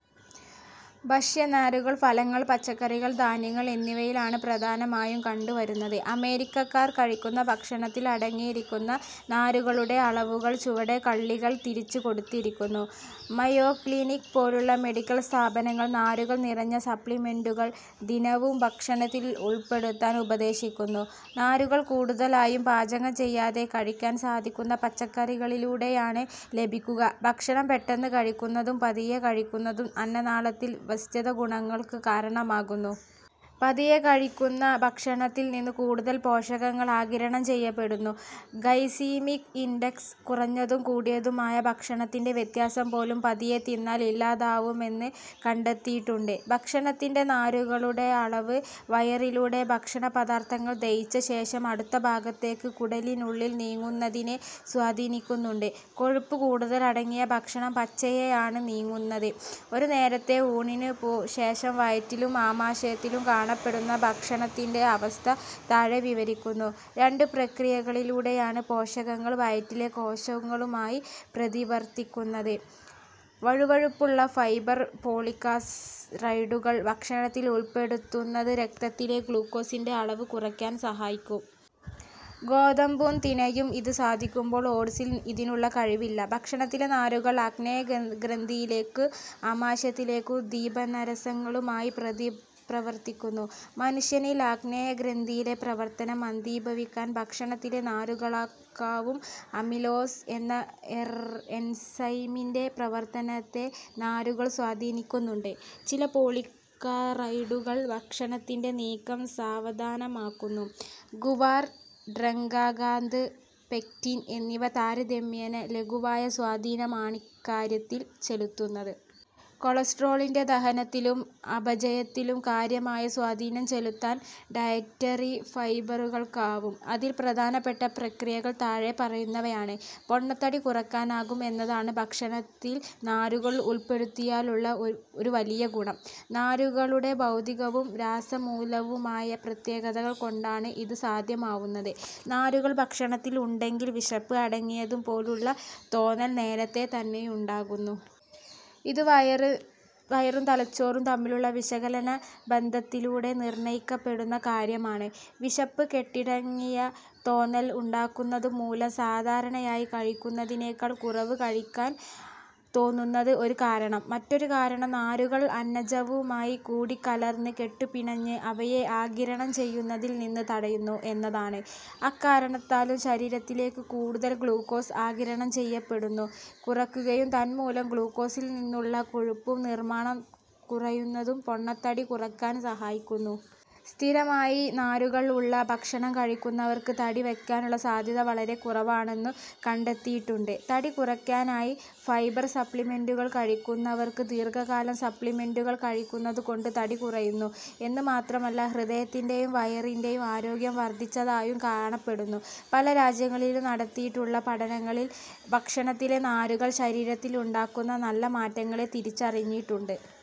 ഭക്ഷ്യനാരുകൾ ഫലങ്ങൾ, പച്ചക്കറികൾ, ധാന്യങ്ങൾ എന്നിവയിലാണ് പ്രധാനമായും കണ്ടുവരുന്നത്. അമേരിക്കക്കാർ കഴിക്കുന്ന ഭക്ഷണത്തിൽ അടങ്ങിയിരിക്കുന്ന നാരുകളുടെ അളവുകൾ ചുവടെ കള്ളികൾ തിരിച്ച് കൊടുത്തിരിക്കുന്നു. മയോ ക്ലിനിക് പോലുള്ള മെഡിക്കൽ സ്ഥാപനങ്ങൾ നാരുകൾ നിറഞ്ഞ സപ്ലിമെന്റുകൾ ദിനവും ഭക്ഷണത്തിൽ ഉൾപ്പെടുത്താൻ ഉപദേശിക്കുന്നു. നാരുകൾ കൂടുതലായും പാചകം ചെയ്യാതെ കഴിക്കാൻ സാധിക്കുന്ന പച്ചക്കറികളിലൂടെയും തവിട് തുടങ്ങിയവയിലൂടെയാണ് ലഭിക്കുക ഭക്ഷണം പെട്ടെന്നു കഴിക്കുന്നതും പതിയെ കഴിക്കുന്നതും അന്നനാളത്തിൽ വ്യത്യസ്ത ഗുണങ്ങൾക്ക് കാരണമാകുന്നു. പതിയെ കഴിക്കുന്ന ഭക്ഷണത്തിൽ നിന്ന് കൂടുതൽ പോഷകങ്ങൾ ആഗിരണം ചെയ്യപ്പെടുന്നു. ഗൈസീമിക് ഇൻഡക്സ് കുറഞ്ഞതും കൂടിയതുമായ ഭക്ഷണത്തിന്റെ വ്യത്യാസം പോലും പതിയെ തിന്നാൽ ഇല്ലാതാവുമെന്ന്കണ്ടെത്തിയിട്ടുണ്ട്. ഭക്ഷണത്തിൻ്റെ നാരുകളുടെ അളവ് വയറിലൂടെ ഭക്ഷണ പദാർത്ഥങ്ങൾ ദഹിച്ചശേഷം അടുത്ത ഭാഗത്തേക്ക് കുടലിനുള്ളിൽ നിങ്ങുന്നതിനെ സ്വാധിനിക്കുന്നുണ്ട്. കൊഴുപ്പ് കൂടുതൽ അടങ്ങിയ ഭക്ഷണം പയ്യെയാണ് നീങ്ങുന്നത് ഒരു നേരത്തെ ഊണിനു ശേഷം വയറ്റിലും ആാമാശയത്തിലും കാണപ്പെടുന്ന ഭക്ഷണത്തിൻ്റെ അവസ്ഥ താഴെ വിവരിക്കുന്നു രണ്ടു പ്രക്രിയകളിലൂടെയാണ് പോഷകകങ്ങൾ വയറ്റിലെ കോശങ്ങളുമായി പ്രതിപ്രവർത്തിക്കുന്നത് വഴുവഴുപ്പുള്ള ഫൈബർ പോളിസാക്കറൈഡുകൾ ഭക്ഷണത്തിൽ ഉൾപ്പെടുത്തുന്നത് രക്തത്തിലെ ഗ്ലൂക്കോസിൻ്റെ അളവ് കുറക്കാൻ സഹായിക്കും. ഗോതമ്പും തിനയും ഇത് സാധിക്കുമ്പോൾ ഓട്സിൽ ഇതിനുള്ള കഴിവ് ഇല്ല. ഭക്ഷണത്തിലെ നാരുകൾ ആഗ്നേയഗ്രന്ഥിയിലേയും ആമാശയത്തിലേയും ദീപനരസങ്ങളുമായി പ്രതിപ്രവർത്തിക്കുന്നു. മനുഷ്യനിൽ ആഗ്നേയഗ്രന്ഥിയിലെ പ്രവർത്തനം മന്ദീഭവിപ്പിക്കാൻ ഭക്ഷണത്തിലെ നാരുകളക്കാവും. അമിലേസ് എന്ന എൻസൈമിൻ്റെ പ്രവർത്തനത്തെ നാരുകൾ സ്വാധീനിക്കുന്നുണ്ട്. ചില പോളിസാക്കറൈഡുകൾ ഭക്ഷണത്തിൻ്റെ നീക്കം സാവധാനമാക്കുന്നു. ഗുവാർ, ട്രാഗാകാന്ത്, പെക്റ്റിൻ എന്നിവ താരതമ്യേന ലഘുവായ സ്വാധീനമാണിക്കാര്യത്തിൽ ചെലുത്തുന്നത്. കൊളസ്റ്റ്രോളിൻ്റെ ദഹനത്തിലും അപചയത്തിലും കാര്യമായ സ്വാധിനം ചെലുത്താൽ ഡയറ്ററി ഫൈബറുകൾക്കാവും അതിൽ പ്രധാനപ്പെട്ട പ്രക്രിയകൾ താഴെപ്പറയുന്നവയാണ്. പൊണ്ണത്തടി കുറക്കാനാകും എന്നതാണ് ഭക്ഷണത്തിൽ നാരുകൾ ഉൾപ്പെടുത്തിയാലുള്ള ഒരു വലിയ ഗുണം. നാരുകളുടെ ഭൗതികവും രാസമൂലവുമായ പ്രത്യേകതകൾ കൊണ്ടാണ് ഇത് സാധ്യമാവുന്നത്. നാരുകൾ ഭക്ഷണത്തിൽ ഉണ്ടെങ്കിൽ വിശപ്പ് അടങ്ങിയതു പോലെയുള്ള തോന്നൽ നേരത്തേ തന്നെയുണ്ടാകുന്നു. ഇത് വയറും തലച്ചോറും തമ്മിലുള്ള വിശകലനബന്ധത്തിലൂടെ നിർണ്ണയിക്കപ്പെടുന്ന കാര്യമാണ്. വിശപ്പ് കെട്ടടങ്ങിയ തോന്നൽ ഉണ്ടാക്കുന്നതു മൂലം സാധാരണയായി കഴിക്കുന്നതിനേക്കാൾ കുറവ് കഴിക്കാൻ തോന്നുന്നത് ഒരു കാരണം. മറ്റൊരു കാരണം നാരുകൾ അന്നജവുമായി കൂടിക്കലർന്ന് കെട്ടുപിണഞ്ഞ് അവയെ ആഗിരണം ചെയ്യുന്നതിൽ നിന്ന് തടയുന്നു എന്നതാണ്. അക്കാരണത്താലും ശരീരത്തിലേക്ക് കൂടുതൽ ഗ്ലൂക്കോസ് ആഗിരണം ചെയ്യപ്പെടുന്നത് കുറയുകയും തന്മൂലം ഗ്ലൂക്കോസിൽ നിന്നുള്ള കൊഴുപ്പു നിർമ്മാണം കുറയുന്നതും പൊണ്ണത്തടി കുറക്കാൻ സഹായിക്കുന്നു. സ്ഥിരമായി നാരുകൾ ഉള്ള ഭക്ഷണം കഴിക്കുന്നവർക്ക് തടി വക്കാനുള്ള സാധ്യത വളരെ കുറവാണെന്നു കണ്ടെത്തിയിട്ടുണ്ട്. തടി കുറക്കാനായി ഫൈബർ സപ്ലിമെൻ്റുകൾ കഴിക്കുന്നവർക്ക് ദീർഘകാലം സപ്ലിമെൻ്റുകൾ കഴിക്കുന്നതു കൊണ്ട് തടി കുറയുന്നു എന്നു മാത്രമല്ല ഹൃദയത്തിൻ്റേയും വയറിൻ്റേയും ആരോഗ്യം വർദ്ധിച്ചതായും കാണപ്പെട്ടു. പല രാജ്യങ്ങളിലും നടത്തിയിട്ടുള്ള പഠനങ്ങളിൽ ഭക്ഷണത്തിലെ നാരുകൾ ശരീരത്തിലുണ്ടാക്കുന്ന നല്ല മാറ്റങ്ങളെ തിരിച്ചറിഞ്ഞിട്ടുണ്ട്.